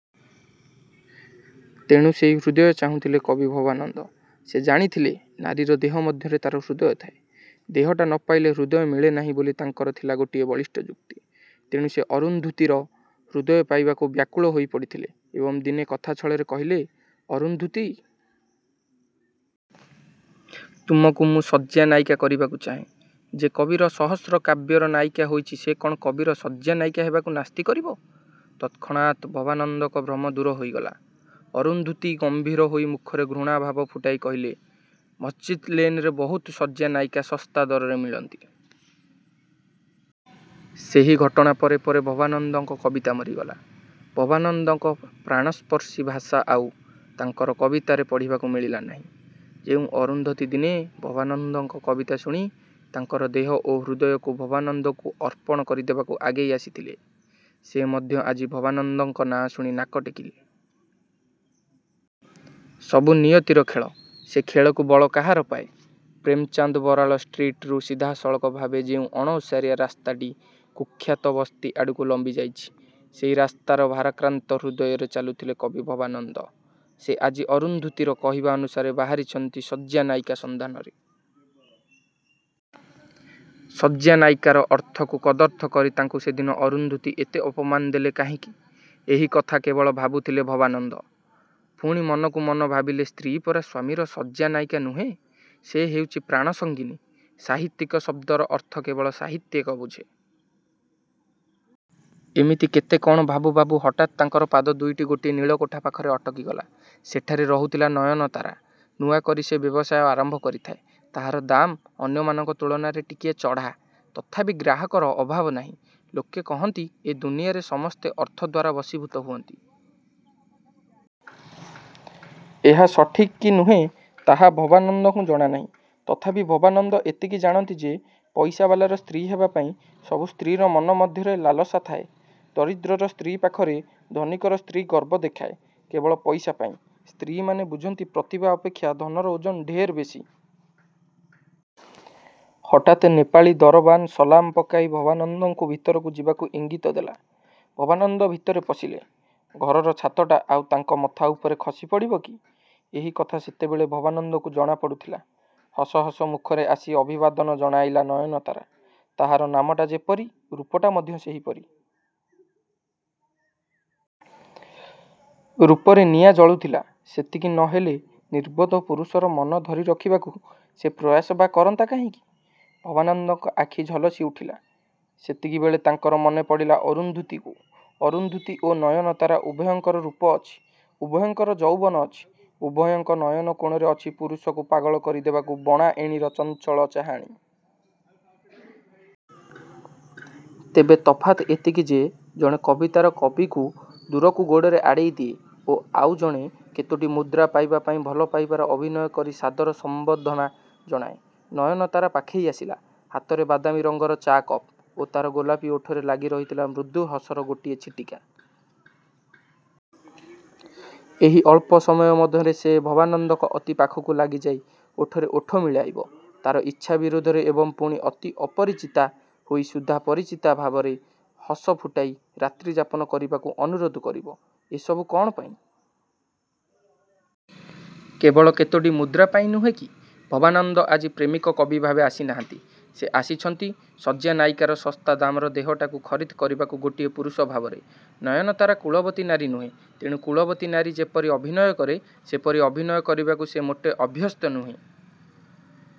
ତେଣୁ ସେହି ହୃଦୟ ଚାହୁଁଥିଲେ କବି ଭବାନନ୍ଦ। ସେ ଜାଣିଥିଲେ ନାରୀର ଦେହ ମଧ୍ୟରେ ତା'ର ହୃଦୟ ଥାଏ। ଦେହଟା ନ ପାଇଲେ ହୃଦୟ ମିଳେନାହିଁ ବୋଲି ତାଙ୍କର ଥିଲା ଗୋଟିଏ ବଳିଷ୍ଠ ଯୁକ୍ତି। ତେଣୁ ସେ ଅରୁନ୍ଧୁତୀର ହୃଦୟ ପାଇବାକୁ ବ୍ୟାକୁଳ ହୋଇପଡ଼ିଥିଲେ ଏବଂ ଦିନେ କଥା ଛଳରେ କହିଲେ, ''ଅରୁନ୍ଧୁତୀ! ତୁମକୁ ମୁଁ ଶଯ୍ୟାନାୟିକା କରିବାକୁ ଚାହେଁ। ଯେ କବିର ସହସ୍ର କାବ୍ୟର ନାୟିକା ହୋଇଛି ସେ କ'ଣ କବିର ଶଯ୍ୟାନାୟିକା ହେବାକୁ ନାସ୍ତି କରିବ? '' ତତ୍କ୍ଷଣାତ ଭବାନନ୍ଦଙ୍କ ଭ୍ରମ ଦୂର ହୋଇଗଲା। ଅରୁନ୍ଧୁତୀ ଗମ୍ଭୀର ହୋଇ ମୁଖରେ ଘୃଣାଭାବ ଫୁଟାଇ କହିଲେ, ''ମସ୍ଜିଦ୍ ଲେନରେ ବହୁତ ଶଯ୍ୟାନାୟିକା ଶସ୍ତା ଦରରେ ମିଳନ୍ତି। '' ସେହି ଘଟଣା ପରେ ପରେ ଭବାନନ୍ଦଙ୍କ କବିତା ମରିଗଲା। ଭବାନନ୍ଦଙ୍କ ପ୍ରାଣସ୍ପର୍ଶୀ ଭାଷା ଆଉ ତାଙ୍କର କବିତାରେ ପଢ଼ିବାକୁ ମିଳିଲା ନାହିଁ। ଯେଉଁ ଅରୁନ୍ଧୁତୀ ଦିନେ ଭବାନନ୍ଦଙ୍କ କବିତା ଶୁଣି ତାଙ୍କର ଦେହ ଓ ହୃଦୟକୁ ଭବାନନ୍ଦକୁ ଅର୍ପଣ କରିଦେବାକୁ ଆଗେଇ ଆସିଥିଲେ ସେ ମଧ୍ୟ ଆଜି ଭବାନନ୍ଦଙ୍କ ନାଁ ଶୁଣି ନାକ ଟେକିଲେ। ସବୁ ନିୟତିର ଖେଳ। ସେ ଖେଳକୁ ବଳ କାହାର ପାଏ। ପ୍ରେମଚାନ୍ଦ ବରାଳ ଷ୍ଟ୍ରୀଟରୁ ସିଧାସଳଖ ଭାବେ ଯେଉଁ ଅଣଓସାରିଆ ରାସ୍ତାଟି କୁଖ୍ୟାତ ବସ୍ତି ଆଡ଼କୁ ଲମ୍ବିଯାଇଛି ସେହି ରାସ୍ତାରେ ଭାରାକ୍ରାନ୍ତ ହୃଦୟରେ ଚାଲୁଥିଲେ କବି ଭବାନନ୍ଦ। ସେ ଆଜି ଅରୁନ୍ଧୁତୀର କହିବା ଅନୁସାରେ ବାହାରିଛନ୍ତି ଶଯ୍ୟାନାୟିକା ସନ୍ଧାନରେ। ଶଯ୍ୟାନାୟିକାର ଅର୍ଥକୁ କଦର୍ଥ କରି ତାଙ୍କୁ ସେଦିନ ଅରୁନ୍ଧୁତୀ ଏତେ ଅପମାନ ଦେଲେ କାହିଁକି, ଏହି କଥା କେବଳ ଭାବୁଥିଲେ ଭବାନନ୍ଦ। ପୁଣି ମନକୁ ମନ ଭାବିଲେ ସ୍ତ୍ରୀ ପରା ସ୍ୱାମୀର ଶଯ୍ୟାନାୟିକା ନୁହେଁ। ସେ ହେଉଛି ପ୍ରାଣସଙ୍ଗିନୀ। ସାହିତ୍ୟିକ ଶବ୍ଦର ଅର୍ଥ କେବଳ ସାହିତ୍ୟିକ ବୁଝେ। ଏମିତି କେତେ କ'ଣ ଭାବୁ ଭାବୁ ହଠାତ୍ ତାଙ୍କର ପାଦ ଦୁଇଟି ଗୋଟିଏ ନୀଳକୋଠା ପାଖରେ ଅଟକିଗଲା। ସେଠାରେ ରହୁଥିଲା ନୟନତାରା। ନୂଆକରି ସେ ବ୍ୟବସାୟ ଆରମ୍ଭ କରିଥାଏ। ତାହାର ଦାମ ଅନ୍ୟମାନଙ୍କ ତୁଳନାରେ ଟିକିଏ ଚଢ଼ା। ତଥାପି ଗ୍ରାହକର ଅଭାବ ନାହିଁ। ଲୋକେ କହନ୍ତି ଏ ଦୁନିଆରେ ସମସ୍ତେ ଅର୍ଥଦ୍ୱାରା ବଶୀଭୂତ ହୁଅନ୍ତି। ଏହା ସଠିକ୍ କି ନୁହେଁ ତାହା ଭବାନନ୍ଦଙ୍କୁ ଜଣାନାହିଁ। ତଥାପି ଭବାନନ୍ଦ ଏତିକି ଜାଣନ୍ତି ଯେ ପଇସାବାଲାର ସ୍ତ୍ରୀ ହେବାପାଇଁ ସବୁ ସ୍ତ୍ରୀର ମନ ମଧ୍ୟରେ ଲାଲସା ଥାଏ। ଦରିଦ୍ରର ସ୍ତ୍ରୀ ପାଖରେ ଧନୀକର ସ୍ତ୍ରୀ ଗର୍ବ ଦେଖାଏ କେବଳ ପଇସା ପାଇଁ। ସ୍ତ୍ରୀମାନେ ବୁଝନ୍ତି ପ୍ରତିଭା ଅପେକ୍ଷା ଧନର ଓଜନ ଢେର ବେଶି-। ହଠାତ୍ ନେପାଳୀ ଦରବାନ୍ ସଲାମ ପକାଇ ଭବାନନ୍ଦଙ୍କୁ ଭିତରକୁ ଯିବାକୁ ଇଙ୍ଗିତ ଦେଲା। ଭବାନନ୍ଦ ଭିତରେ ପଶିଲେ। ଘରର ଛାତଟା ଆଉ ତାଙ୍କ ମଥା ଉପରେ ଖସିପଡ଼ିବକି ଏହି କଥା ସେତେବେଳେ ଭବାନନ୍ଦଙ୍କୁ ଜଣାପଡ଼ୁଥିଲା। ହସ ହସ ମୁଖରେ ଆସି ଅଭିବାଦନ। ଜଣାଇଲା ନୟନତାରା। ତାହାର ନାମଟା ଯେପରି, ରୂପଟା ମଧ୍ୟ ସେହିପରି। ରୂପରେ ନିଆଁ ଜଳୁଥିଲା। ସେତିକି ନ ହେଲେ ନିର୍ବୋଧ ପୁରୁଷର ମନ ଧରିରଖିବାକୁ ସେ ପ୍ରୟାସ ବା କରନ୍ତା କାହିଁକି? ଭବାନନ୍ଦଙ୍କ ଆଖି ଝଲସିଉଠିଲା। ସେତିକିବେଳେ ତାଙ୍କର ମନେପଡ଼ିଲା ଅରୁନ୍ଧୁତୀକୁ। ଅରୁନ୍ଧୁତୀ ଓ ନୟନତାରା ଉଭୟଙ୍କର ରୂପ ଅଛି। ଉଭୟଙ୍କର ଯୌବନ ଅଛି। ଉଭୟଙ୍କ ନୟନ କୋଣରେ ଅଛି ପୁରୁଷକୁ ପାଗଳ କରିଦେବାକୁ ବଣା ଏଣୀର ଚଞ୍ଚଳ ଚାହାଣି। ତେବେ ତଫାତ୍ ଏତିକି ଯେ ଜଣେ କବିତାର କବିକୁ ଦୂରକୁ ଗୋଡ଼ରେ ଆଡ଼େଇ ଦିଏ ଓ ଆଉ ଜଣେ କେତୋଟି ମୁଦ୍ରା ପାଇବା ପାଇଁ ଭଲ ପାଇବାର ଅଭିନୟ କରି ସାଦର ସମ୍ବର୍ଦ୍ଧନା ଜଣାଏ। ନୟନତାରା ପାଖେଇ ଆସିଲା। ହାତରେ ବାଦାମୀରଙ୍ଗର ଚା' କପ୍ ଓ ତା'ର ଗୋଲାପି ଓଠରେ ଲାଗିରହିଥିଲା ମୃଦୁ ହସର ଗୋଟିଏ ଛିଟିକା। ଏହି ଅଳ୍ପ ସମୟ ମଧ୍ୟରେ ସେ ଭବାନନ୍ଦଙ୍କ ଅତି ପାଖକୁ ଲାଗିଯାଇ ଓଠରେ ଓଠ ମିଳାଇବ ତା'ର ଇଚ୍ଛା ବିରୁଦ୍ଧରେ ଏବଂ ପୁଣି ଅତି ଅପରିଚିତା ହୋଇ ସୁଦ୍ଧା ପରିଚିତା ଭାବରେ ହସ ଫୁଟାଇ ରାତ୍ରିଯାପନ କରିବାକୁ ଅନୁରୋଧ କରିବ। ଏ ସବୁ କ'ଣ ପାଇଁ? କେବଳ କେତୋଟି ମୁଦ୍ରା ପାଇଁ ନୁହେଁ କି? ଭବାନନ୍ଦ ଆଜି ପ୍ରେମିକ କବି ଭାବେ ଆସିନାହାନ୍ତି। ସେ ଆସିଛନ୍ତି, ଶଯ୍ୟାନାୟିକାର ଶସ୍ତା ଦାମର ଦେହଟାକୁ ଖରିଦ କରିବାକୁ ଗୋଟିଏ ପୁରୁଷ ଭାବରେ। ନୟନତାରା କୁଳବତୀ ନାରୀ ନୁହେଁ। ତେଣୁ କୁଳବତୀ ନାରୀ ଯେପରି ଅଭିନୟ କରେ ସେପରି ଅଭିନୟ କରିବାକୁ ସେ ମୋଟେ ଅଭ୍ୟସ୍ତ ନୁହେଁ।